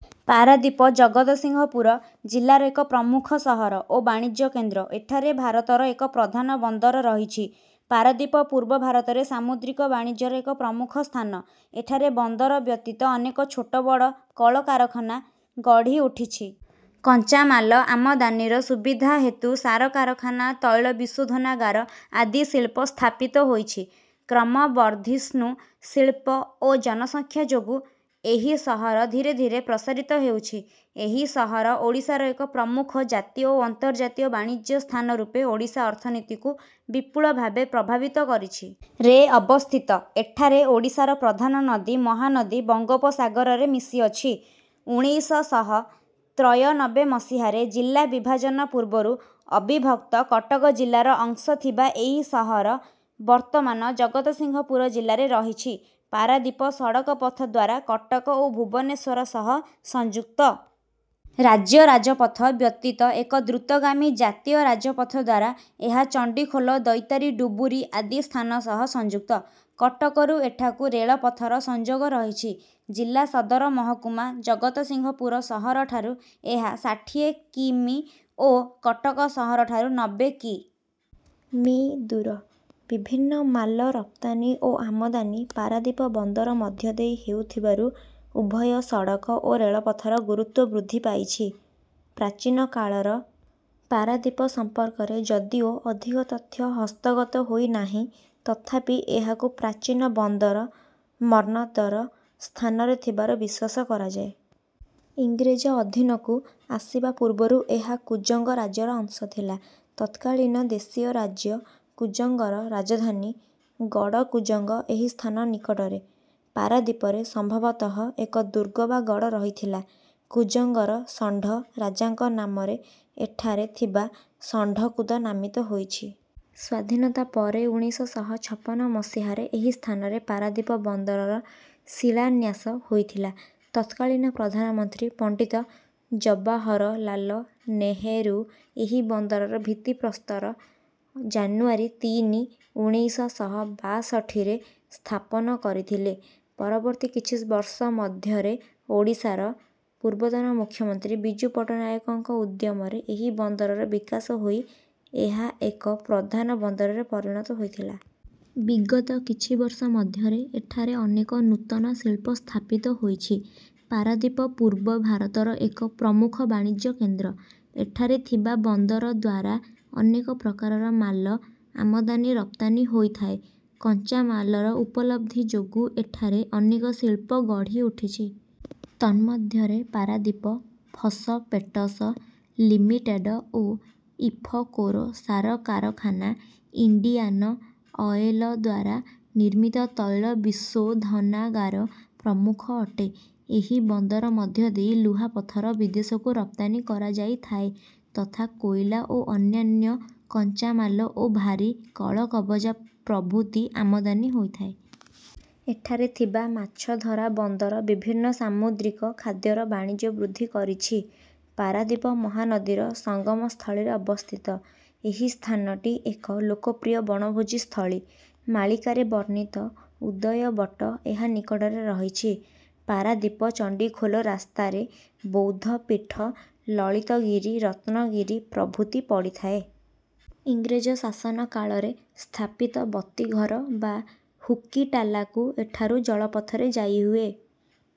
ପାରାଦୀପ ଜଗତସିଂହପୁର ଜିଲ୍ଲାର ଏକ ପ୍ରମୂଖ ସହର ଓ ବାଣିଜ୍ୟ କେନ୍ଦ୍ର। ଏଠାରେ ଭାରତର ଏକ ପ୍ରଧାନ ବନ୍ଦର ରହିଛି। ପାରାଦୀପ ପୂର୍ବ ଭାରତରେ ସାମୁଦ୍ରିକ ବାଣିଜ୍ୟର ଏକ ପ୍ରମୁଖ ସ୍ଥାନ। ଏଠାରେ ବନ୍ଦର ବ୍ୟତୀତ ଅନେକ ଛୋଟ ବଡ଼ କଳ କାରଖାନା ଗଢ଼ି ଉଠିଛି। କଞ୍ଚାମାଲ ଆମଦାନୀର ସୁବିଧା ହେତୁ ସାର କାରଖାନା ତୈଳ ବିଶୋଧନାଗାର ଆଦି ଶିଳ୍ପ ସ୍ଥାପିତ ହୋଇଛି। କ୍ରମବର୍ଦ୍ଧିଷ୍ଣୁ ଶିଳ୍ପ ଓ ଜନସଂଖ୍ୟା ଯୋଗୁ ଏହି ସହର ଧୀରେ ଧୀରେ ପ୍ରସାରିତ ହେଉଛି। ଏହି ସହର ଓଡ଼ିଶାର ଏକ ପ୍ରମୁଖ ଜାତୀୟ ଓ ଅନ୍ତର୍ଜାତୀୟ ବାଣିଜ୍ୟ ସ୍ଥାନ ରୂପେ ଓଡ଼ିଶା ଅର୍ଥନୀତିକୁ ବିପୁଳ ଭାବେ ପ୍ରଭାବିତ କରିଛି। ରେ ଅବସ୍ଥିତ। ଏଠାରେ ଓଡ଼ିଶାର ପ୍ରଧାନ ନଦୀ ମହାନଦୀ ବଙ୍ଗୋପସାଗରରେ ମିଶିଅଛି। ଉଣେଇଶ ଶହ ତ୍ରୟନବେ ମସିହାରେ ଜିଲ୍ଲା ବିଭାଜନ ପୂର୍ବରୁ ଅବିଭକ୍ତ କଟକ ଜିଲ୍ଲାର ଅଂଶ ଥିବା ଏହି ସହର ବର୍ତ୍ତମାନ ଜଗତସିଂହପୁର ଜିଲ୍ଲାରେ ରହିଛି। ପାରାଦୀପ ସଡ଼କ ପଥଦ୍ୱାରା କଟକ ଓ ଭୁବନେଶ୍ୱର ସହ ସଂଯୁକ୍ତ। ରାଜ୍ୟ ରାଜପଥ ବ୍ୟତୀତ ଏକ ଦ୍ରୁତଗାମୀ ଜାତୀୟ ରାଜପଥଦ୍ୱାରା ଏହା ଚଣ୍ଡିଖୋଲ ଦୈତାରୀ ଡୁବୁରୀ ଆଦି ସ୍ଥାନ ସହ ସଂଯୁକ୍ତ। କଟକରୁ ଏଠାକୁ ରେଳପଥର ସଂଯୋଗ ରହିଛି। ଜିଲ୍ଲା ସଦରମହକୁମା ଜଗତସିଂହପୁର ସହର ଠାରୁ ଏହା ଷାଠିଏ କି. ମି. ଓ କଟକ ସହର ଠାରୁ ନବେ କି. ମି. ଦୂର। ବିଭିନ୍ନ ମାଲ ରପ୍ତାନୀ ଓ ଆମଦାନୀ ପାରାଦୀପ ବନ୍ଦର ମଧ୍ୟଦେଇ ହେଉଥିବାରୁ ଉଭୟ ସଡ଼କ ଓ ରେଳପଥର ଗୁରୁତ୍ତ୍ୱ ବୃଦ୍ଧି ପାଇଛି। ପ୍ରାଚୀନ କାଳର ପାରଦୀପ ସମ୍ପର୍କରେ ଯଦିଓ ଅଧିକ ତଥ୍ୟ ହସ୍ତଗତ ହୋଇନାହିଁ ତଥାପି ଏହାକୁ ପ୍ରାଚୀନ ବନ୍ଦର ମନ୍ନଦର ସ୍ଥାନରେ ଥିବାର ବିଶ୍ୱାସ କରାଯାଏ। ଇଂରେଜ ଅଧୀନକୁ ଆସିବା ପୂର୍ବରୁ ଏହା କୁଜଙ୍ଗ ରାଜ୍ୟର ଅଂଶ ଥିଲା। ତତ୍କାଳୀନ ଦେଶୀୟ ରାଜ୍ୟ କୁଜଙ୍ଗର ରାଜଧାନୀ ଗଡ଼କୁଜଙ୍ଗ ଏହି ସ୍ଥାନ ନିକଟରେ। ପାରାଦୀପରେ ସମ୍ଭବତଃ ଏକ ଦୁର୍ଗ ବା ଗଡ଼ ରହିଥିଲା। କୁଜଙ୍ଗର ଷଣ୍ଢ ରାଜାଙ୍କ ନାମରେ ଏଠାରେ ଥିବା ଷଣ୍ଢକୂଦ ନାମିତ ହୋଇଛି। ସ୍ୱାଧୀନତା ପରେ ଉଣେଇଶ ଶହ ଛପନ ମସିହାରେ ଏହି ସ୍ଥାନରେ ପାରାଦୀପ ବନ୍ଦରର ଶିଳାନ୍ୟାସ ହୋଇଥିଲା। ତତ୍କାଳୀନ ପ୍ରଧାନମନ୍ତ୍ରୀ ପଣ୍ଡିତ ଜବାହରଲାଲ ନେହେରୁ ଏହି ବନ୍ଦରର ଭିତ୍ତିପ୍ରସ୍ଥର ଜାନୁୟାରୀ ତିନି ଉଣେଇଶ ଶହ ବାଷଠିରେ ସ୍ଥାପନ କରିଥିଲେ। ପରବର୍ତ୍ତୀ କିଛି ବର୍ଷ ମଧ୍ୟରେ ଓଡ଼ିଶାର ପୂର୍ବତନ ମୁଖ୍ୟମନ୍ତ୍ରୀ ବିଜୁ ପଟ୍ଟନାୟକଙ୍କ ଉଦ୍ୟମରେ ଏହି ବନ୍ଦରର ବିକାଶ ହୋଇ ଏହା ଏକ ପ୍ରଧାନ ବନ୍ଦରରେ ପରିଣତ ହୋଇଥିଲା। ବିଗତ କିଛି ବର୍ଷ ମଧ୍ୟରେ ଏଠାରେ ଅନେକ ନୂତନ ଶିଳ୍ପ ସ୍ଥାପିତ ହୋଇଛି। ପାରାଦୀପ ପୂର୍ବ ଭାରତର ଏକ ପ୍ରମୁଖ ବାଣିଜ୍ୟ କେନ୍ଦ୍ର। ଏଠାରେ ଥିବା ବନ୍ଦରଦ୍ୱାରା ଅନେକ ପ୍ରକାରର ମାଲ ଆମଦାନୀ ରପ୍ତାନୀ ହୋଇଥାଏ। କଞ୍ଚାମାଲର ଉପଲବ୍ଧି ଯୋଗୁ ଏଠାରେ ଅନେକ ଶିଳ୍ପ ଗଢି ଉଠିଛି। ତନ୍ମଧ୍ୟରେ ପାରାଦୀପ ଫସପେଟସ ଲିମିଟେଡ଼ ଓ ଇଫକୋର ସାର କାରଖାନା ଇଣ୍ଡିଆନ ଅଏଲଦ୍ୱାରା ନିର୍ମିତ ତୈଳ ବିଶୋଧନାଗାର ପ୍ରମୁଖ ଅଟେ। ଏହି ବନ୍ଦର ମଧ୍ୟ ଦେଇ ଲୁହାପଥର ବିଦେଶକୁ ରପ୍ତାନୀ କରାଯାଇ ଥାଏ ତଥା କୋଇଲା ଓ ଅନ୍ୟାନ୍ୟ କଞ୍ଚାମାଲ ଓ ଭାରୀ କଳକବଜା ପ୍ରଭୁତି ଆମଦାନୀ ହୋଇଥାଏ। ଏଠାରେ ଥିବା ମାଛଧରା ବନ୍ଦର ବିଭିନ୍ନ ସାମୁଦ୍ରିକ ଖାଦ୍ୟର ବାଣିଜ୍ୟ ବୃଦ୍ଧି କରିଛି। ପାରାଦୀପ ମହାନଦୀର ସଙ୍ଗମ ସ୍ଥଳୀରେ ଅବସ୍ଥିତ। ଏହି ସ୍ଥାନଟି ଏକ ଲୋକପ୍ରିୟ ବଣଭୋଜି ସ୍ଥଳୀ। ମାଳିକାରେ ବର୍ଣ୍ଣିତ ଉଦୟବଟ ଏହା ନିକଟରେ ରହିଛି। ପାରାଦୀପଚଣ୍ଡିଖୋଲ ରାସ୍ତାରେ ବୌଦ୍ଧ ପୀଠ ଲଳିତଗିରି ରତ୍ନଗିରି ପ୍ରଭୁତି ପଡିଥାଏ। ଇଂରେଜ ଶାସନ କାଳରେ ସ୍ଥାପିତ ବତୀଘର ବା ହୁକିଟାଲାକୁ ଏଠାରୁ ଜଳପଥରେ ଯାଇହୁଏ।